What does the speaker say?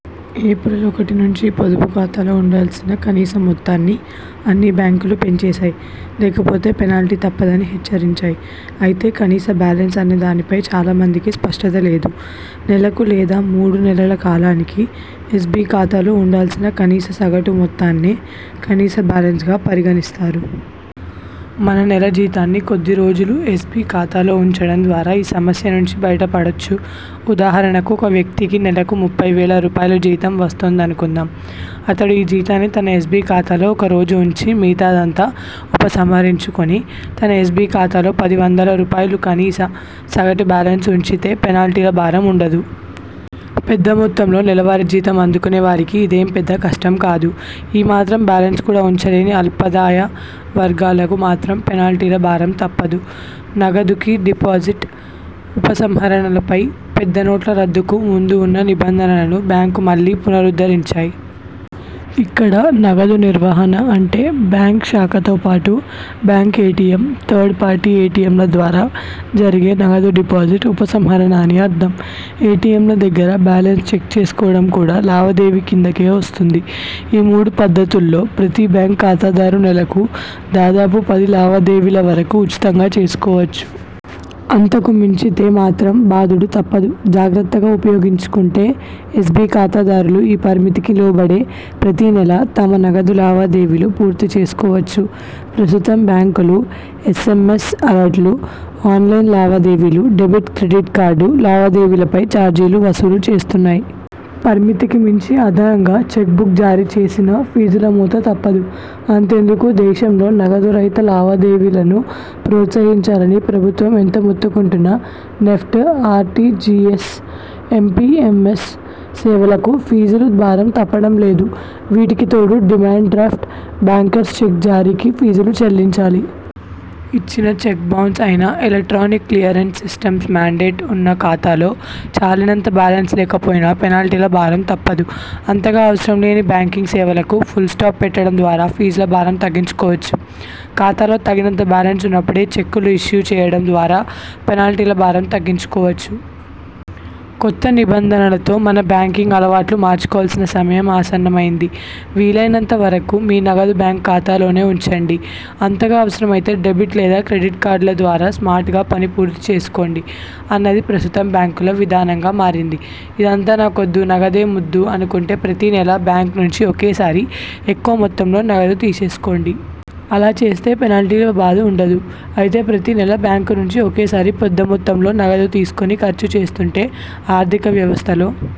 April ఒకటి నుంచి పొదుపు ఖాతాలో ఉండాల్సిన కనీస మొత్తాన్ని అన్ని బ్యాంకులు పెంచేశాయి. లేక పోతే పెనాల్టీ తప్పదని హెచ్చరించాయి. అయితే కనీస బాలెన్స్ అనే దానిపై చాలా మందికి స్పష్టత లేదు. నెలకు లేదా మూడు నెలల కాలానికి ఎస్బి ఖాతాలో ఉండాల్సిన కనీస సగటు మొత్తాన్నే 'కనీస బాలెన్స్'గా పరిగణిస్తారు. మన నెల జీతాన్ని కొద్ది రోజులు ఎస్బి ఖాతాలో ఉంచడం ద్వారా ఈ సమస్య నుంచి బయట పడొచ్చు. ఉదాహరణకు ఒక వ్యక్తికి నెలకు ముప్పై వేల రూపాయలు జీతం వస్తోందనుకుందాం. అతడు ఈ జీతాన్ని తన ఎస్బి ఖాతాలో ఒక రోజు ఉంచి, మిగతాదంతా ఉపసంహరిచుకుని, తన ఎస్బి ఖాతాలో పది వందల రూపాయలు కనీస సగటు బాలెన్స్ ఉంచితే పెనాల్టీల భారం ఉండదు. పెద్ద మొత్తంలో నెలవారీ జీతం అందుకునే వారికి ఇదేం పెద్ద కష్టం కాదు. ఈ మాత్రం బాలెన్స్ కూడా ఉంచలేని అల్పదాయ వర్గాలకు మాత్రం పెనాల్టీల భారం తప్పదు. నగదు డిపాజిట్, ఉపసంహరణలపై పెద్ద నోట్ల రద్దుకు ముందు ఉన్న నిబంధనలను బ్యాంకులు మళ్లీ పునరుద్ధరించాయి. ఇక్కడ నగదు నిర్వహణ అంటే బ్యాంక్ శాఖతో పాటు, బ్యాంక్ ఎటిఎం, థర్డ్ పార్టీ ఎటిఎంల ద్వారా జరిగే నగదు డిపాజిట్, ఉపసంహరణ అని అర్థం. ఎటిఎంల దగ్గర బాలెన్స్ చెక్ చేసుకోవడం కూడా లావాదేవీ కిందికే వస్తుంది. ఈ మూడు పద్దతుల్లో ప్రతి బ్యాంక్ ఖాతాదారు నెలకు దాదాపు పది లావాదేవీల వరకు ఉచితంగా చేసుకోవచ్చు. అంతకు మించితే మాత్రం బాదుడు తప్పదు. జాగ్రత్తగా ఉపయోగించుకుంటే ఎస్బి ఖాతాదారులు ఈ పరిమితికి లోబడే ప్రతి నెలా తమ నగదు లావా దేవీలు పూర్తి చేసుకోవచ్చు. ప్రస్తుతం బ్యాంకులు ఎస్ఎంఎస్ అలర్టులు, ఆన్లైన్ లావాదేవీలు, డెబిట్, క్రెడిట్ కార్డు లావా దేవీలపై చార్జీలు వసూలు చేస్తున్నాయి. పరిమితికి మించి అదనంగా చెక్ బుక్ జారీ చేసినా ఫీజుల మోత తప్పదు. అంతెందుకు దేశంలో నగదు రహిత లావా దేవీలను ప్రోత్సహించాలని ప్రభుత్వం ఎంత మొత్తుకుంటున్నా నెఫ్ట్, ఆర్టిజిఎస్, ఐఎంపిఎస్ సేవలకూ ఫీజులు భారం తప్పడం లేదు. వీటికి తోడు డిమాండ్ డ్రాఫ్ట్, బ్యాంకర్స్ చెక్ జారీకి ఫీజులు చెల్లించాలి. ఇచ్చిన చెక్ బౌన్స్ అయినా, ఎలక్ట్రానిక్ క్లియరెన్స్ సిస్టమ్స్ మాండేట్ ఉన్న ఖాతాలో చాలినంత బాలెన్స్ లేకపోయినా పెనాల్టీల భారం తప్పదు. అంతగా అవసరం లేని బ్యాంకింగ్ సేవలకు ఫుల్స్టాప్ పెట్టడం ద్వారా ఫీజుల భారం తగ్గించు కోవచ్చు. ఖాతాలో తగినంత బాలెన్స్ ఉన్నపుడే చెక్కులు ఇష్యూ చేయడం ద్వారా పెనాల్టీల భారం తగ్గించు కోవచ్చు. కొత్త నిబంధనలతో మన బ్యాంకింగ్ అలవాట్లూ మార్చుకోవలసిన సమయం ఆసన్నమైంది. వీలైనంత వరకు మీ నగదు బ్యాంక్ ఖాతాలోనే ఉంచండి. అంతగా అవసరమైతే డెబిట్ లేదా క్రెడిట్ కార్డుల ద్వారా స్మార్ట్గా పని పూర్తి చేసుకోండి అన్నది ప్రస్తుతం బ్యాంకుల విధానంగా మారింది. ఇదంతా నాకొద్దు, నగదే ముద్దు అనుకుంటే ప్రతి నెలా బ్యాంక్ నుంచి ఒకేసారి ఎక్కువ మొత్తంలో నగదు తీసేసుకోండి. అలా చేస్తే పెనాల్టీల బాధ ఉండదు. అయితే ప్రతి నెలా బ్యాంకు నుంచి ఒకేసారి పెద్ద మొత్తంలో నగదు తీసుకుని ఖర్చు చేస్తుంటే, ఆర్థిక వ్యవస్థలో